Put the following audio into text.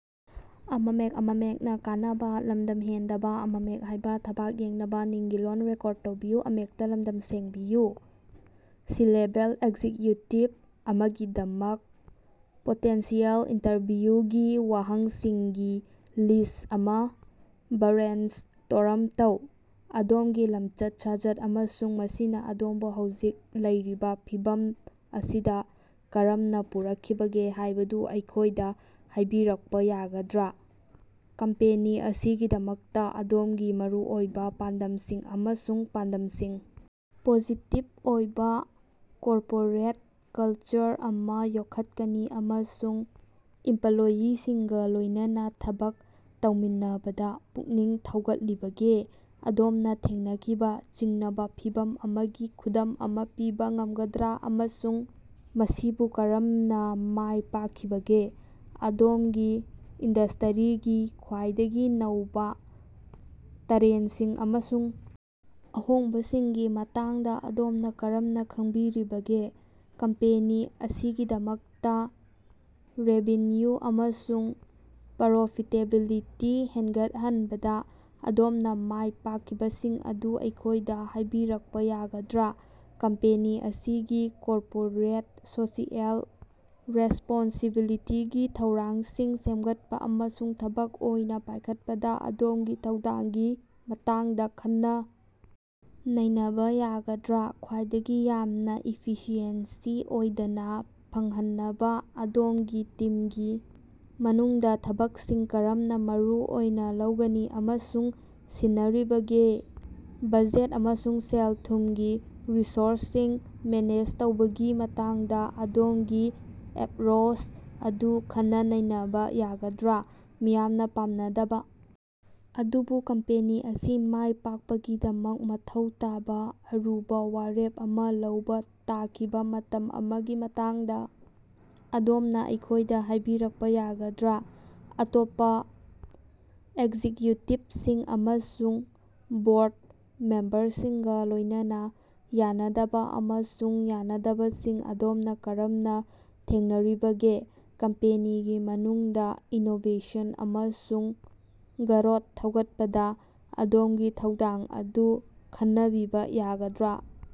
C-level executive ꯑꯃꯒꯤꯗꯃꯛ potential ꯏꯟꯇꯔꯚꯤꯌꯨꯒꯤ ꯋꯥꯍꯪꯁꯤꯡꯒꯤ ꯂꯤꯁ ꯑꯃ ꯕꯔꯦꯟꯁꯇꯣꯔꯝ ꯇꯧ꯫ ꯑꯗꯣꯝꯒꯤ ꯂꯝꯆꯠ ꯁꯥꯖꯠ ꯑꯃꯁꯨꯡ ꯃꯁꯤꯅ ꯑꯗꯣꯝꯕꯨ ꯍꯧꯖꯤꯛ ꯂꯩꯔꯤꯕ ꯐꯤꯚꯝ ꯑꯁꯤꯗ ꯀꯔꯝꯅ ꯄꯨꯔꯛꯈꯤꯕꯒꯦ ꯍꯥꯏꯕꯗꯨ ꯑꯩꯈꯣꯏꯗ ꯍꯥꯏꯕꯤꯔꯛꯄ ꯌꯥꯒꯗ꯭ꯔꯥ꯫ ꯀꯝꯄꯦꯅꯤ ꯑꯁꯤꯒꯤꯗꯃꯛꯇ ꯑꯗꯣꯝꯒꯤ ꯃꯔꯨꯑꯣꯏꯕ ꯄꯥꯟꯗꯝꯁꯤꯡ ꯑꯃꯁꯨꯡ ꯄꯥꯟꯗꯝꯁꯤꯡ ꯄꯣꯖꯤꯇꯤꯞ ꯑꯣꯏꯕ ꯀꯣꯔꯄꯣꯔꯦꯠ ꯀꯜꯆꯔ ꯑꯃ ꯌꯣꯛꯈꯠꯀꯅꯤ ꯑꯃꯁꯨꯡ ꯏꯝꯄꯂꯣꯌꯤꯁꯤꯡꯒ ꯂꯣꯏꯅꯅ ꯊꯕꯛ ꯇꯧꯃꯤꯟꯅꯕꯗ ꯄꯨꯛꯅꯤꯡ ꯊꯧꯒꯠꯂꯤꯕꯒꯦ꯫ ꯑꯗꯣꯝꯅ ꯊꯦꯡꯅꯈꯤꯕ ꯆꯤꯡꯅꯕ ꯐꯤꯚꯝ ꯑꯃꯒꯤ ꯈꯨꯗꯝ ꯑꯃ ꯄꯤꯕ ꯉꯝꯒꯗ꯭ꯔꯥ ꯑꯃꯁꯨꯡ ꯃꯁꯤꯕꯨ ꯀꯔꯝꯅ ꯃꯥꯏ ꯄꯥꯛꯈꯤꯕꯒꯦ꯫ ꯑꯗꯣꯝꯒꯤ ꯏꯟꯗꯁꯇꯔꯤꯒꯤ ꯈ꯭ꯋꯥꯏꯗꯒꯤ ꯅꯧꯕ ꯇꯔꯦꯟꯁꯤꯡ ꯑꯃꯁꯨꯡ ꯑꯍꯣꯡꯕꯁꯤꯡꯒꯤ ꯃꯇꯥꯡꯗ ꯑꯗꯣꯝꯅ ꯀꯔꯝꯅ ꯈꯪꯕꯤꯔꯤꯕꯒꯦ꯫ ꯀꯝꯄꯦꯅꯤ ꯑꯁꯤꯒꯤꯗꯃꯛꯇꯥ ꯔꯦꯚꯤꯟꯌꯨ ꯑꯃꯁꯨꯡ ꯄꯂꯣꯐꯤꯇꯦꯕꯤꯂꯤꯇꯤ ꯍꯦꯟꯒꯠꯍꯟꯕꯗ ꯑꯗꯣꯝꯅ ꯃꯥꯏ ꯄꯥꯛꯈꯤꯕꯁꯤꯡ ꯑꯗꯨ ꯑꯩꯈꯣꯏꯗ ꯍꯥꯏꯕꯤꯔꯛꯄ ꯌꯥꯒꯗ꯭ꯔꯥ꯫ ꯀꯝꯄꯦꯅꯤ ꯑꯁꯤꯒꯤ ꯀꯣꯔꯄꯣꯔꯦꯠ ꯁꯣꯁꯤꯑꯦꯜ ꯔꯦꯁꯄꯣꯟꯁꯤꯕꯤꯂꯤꯇꯤꯒꯤ ꯊꯧꯔꯥꯡꯁꯤꯡ ꯁꯦꯝꯒꯠꯄ ꯑꯃꯁꯨꯡ ꯊꯕꯛ ꯑꯣꯏꯅ ꯄꯥꯏꯈꯠꯄꯗ ꯑꯗꯣꯝꯒꯤ ꯊꯧꯗꯥꯡꯒꯤ ꯃꯇꯥꯡꯗ ꯈꯟꯅ ꯅꯩꯅꯕ ꯌꯥꯒꯗ꯭ꯔꯥ꯫ ꯈ꯭ꯋꯥꯏꯗꯒꯤ ꯌꯥꯝꯅ ꯏꯐꯤꯁꯤꯑꯦꯟꯁꯤ ꯑꯣꯏꯗꯅ ꯐꯪꯍꯟꯅꯕ ꯑꯗꯣꯝꯒꯤ ꯇꯤꯝꯒꯤ ꯃꯅꯨꯡꯗ ꯊꯕꯛꯁꯤꯡ ꯀꯔꯝꯅ ꯃꯔꯨ ꯑꯣꯏꯅ ꯂꯧꯒꯅꯤ ꯑꯃꯁꯨꯡ ꯁꯤꯟꯅꯔꯤꯕꯒꯦ ꯕꯖꯦꯠ ꯑꯃꯁꯨꯡ ꯁꯦꯜ ꯊꯨꯝꯒꯤ ꯔꯤꯁꯣꯔꯁꯁꯤꯡ ꯃꯦꯅꯦꯖ ꯇꯧꯕꯒꯤ ꯃꯇꯥꯡꯗ ꯑꯗꯣꯝꯒꯤ ꯑꯦꯞꯔꯣꯁ ꯑꯗꯨ ꯈꯟꯅ ꯅꯩꯅꯕ ꯌꯥꯒꯗ꯭ꯔꯥ꯫ ꯃꯤꯌꯥꯝꯅ ꯄꯥꯝꯅꯗꯕ ꯑꯗꯨꯕꯨ ꯀꯝꯄꯦꯅꯤ ꯑꯁꯤ ꯃꯥꯏ ꯄꯥꯛꯄꯒꯤꯗꯃꯛ ꯃꯊꯧ ꯇꯥꯕ ꯑꯔꯨꯕ ꯋꯥꯔꯦꯞ ꯑꯃ ꯂꯧꯕ ꯇꯥꯈꯤꯕ ꯃꯇꯝ ꯑꯃꯒꯤ ꯃꯇꯥꯡꯗ ꯑꯗꯣꯝꯅ ꯑꯩꯈꯣꯏꯗ ꯍꯥꯏꯕꯤꯔꯛꯄ ꯌꯥꯒꯗ꯭ꯔꯥ꯫ ꯑꯇꯣꯞꯄꯥ ꯑꯦꯛꯖꯤꯛꯌꯨꯇꯤꯞꯁꯤꯡ ꯑꯃꯁꯨꯡ ꯕꯣꯔꯠ ꯃꯦꯝꯕꯔꯁꯤꯡꯒ ꯂꯣꯏꯅꯅ ꯌꯥꯅꯗꯕ ꯑꯃꯁꯨꯡ ꯌꯥꯅꯗꯕꯁꯤꯡ ꯑꯗꯣꯝꯅ ꯀꯔꯝꯅ ꯊꯦꯡꯅꯔꯤꯕꯒꯦ꯫ ꯀꯝꯄꯦꯅꯤꯒꯤ ꯃꯅꯨꯡꯗꯥ ꯏꯅꯣꯕꯦꯁꯟ ꯑꯃꯁꯨꯡ ꯒꯔꯣꯠ ꯊꯧꯒꯠꯄꯗ ꯑꯗꯣꯝꯒꯤ ꯊꯧꯗꯥꯡ ꯑꯗꯨ ꯈꯟꯅꯕꯤꯕ ꯌꯥꯒꯗ꯭ꯔꯥ꯫